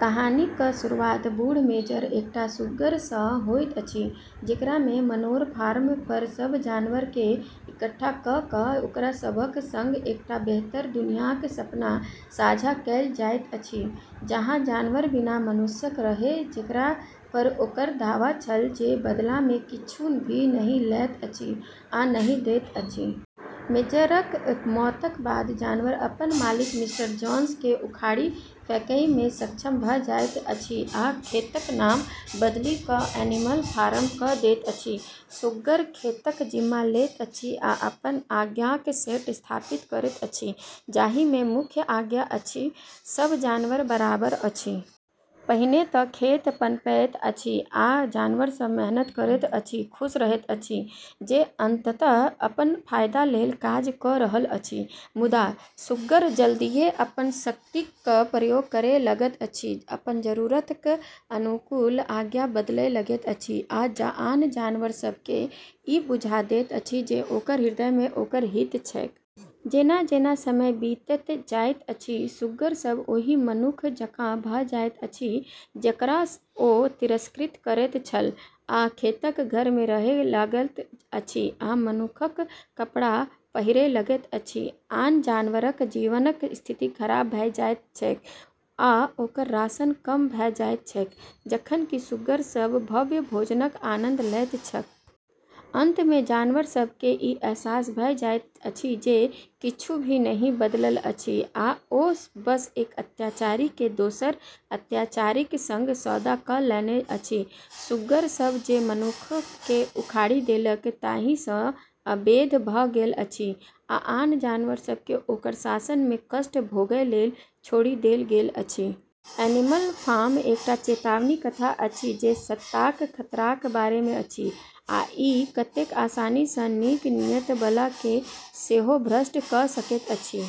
कहानीक शुरुआत बूढ़ मेजर, एकटा सुग्गर सँ होइत अछि, जेकरा मे मनोर फार्म पर सभ जानवर केँ इकट्ठा कऽ कऽ ओकरा सभक सँग एकटा बेहतर दुनियाक सपना साझा कएल जाइत अछि, जहाँ जानवर बिना मनुष्यक रहए, जेकरा पर ओकर दावा छल जे बदला मे किछु भी नहि लैत अछि आ नहि दैत अछि। मेजरक मौतक बाद जानवर अपन मालिक मिस्टर जोन्स केँ उखाड़ि फेंकै मे सक्षम भऽ जाइत अछि आ खेतक नाम बदलि कऽ एनिमल फार्म कऽ दैत अछि। सुग्गर खेतक जिम्मा लैत अछि आ अपन आज्ञाक सेट स्थापित करैत अछि, जाहि मे मुख्य आज्ञा अछि, "सभ जानवर बराबर अछि"। पहिने तँ खेत पनपैत अछि, आ जानवर सभ मेहनत करैत अछि, खुश रहैत अछि जे अंततः अपन फायदा लेल काज कऽ रहल अछि। मुदा, सुग्गर जल्दिये अपन शक्तिक प्रयोग करय लगैत अछि, अपन जरूरतक अनुकूल आज्ञा बदलय लगैत अछि आ आन जानवर सभ केँ ई बुझा दैत अछि जे ओकर हृदय मे ओकर हित छैक। जेना-जेना समय बीतैत जाइत अछि, सुग्गर सभ ओहि मनुक्ख जकाँ भऽ जाइत अछि जकरा ओ तिरस्कृत करैत छल आ खेतक घर मे रहय लगैत अछि आ मनुक्खक कपड़ा पहिरय लगैत अछि। आन जानवरक जीवनक स्थिति खराब भऽ जाइत छैक, आ ओकर राशन कम भऽ जाइत छैक जखन कि सुग्गर सभ भव्य भोजनक आनंद लैत छैक। अंत मे जानवर सभ केँ ई अहसास भऽ जाइत अछि जे किछु भी नहि बदलल अछि आ ओ बस एक अत्याचारी केँ दोसर अत्याचारीक सँग सौदा कऽ लेने अछि। सुग्गर सभ जे मनुक्ख केँ उखाड़ि देलक ताहि सँ अभेद्य भऽ गेल अछि, आ आन जानवर सभ केँ ओकर शासन मे कष्ट भोगय लेल छोड़ि देल गेल अछि। एनिमल फार्म एकटा चेतावनी कथा अछि जे सत्ताक खतराक बारे मे अछि आ ई कतेक आसानी सँ नीक नीयत बला केँ सेहो भ्रष्ट कऽ सकैत अछि।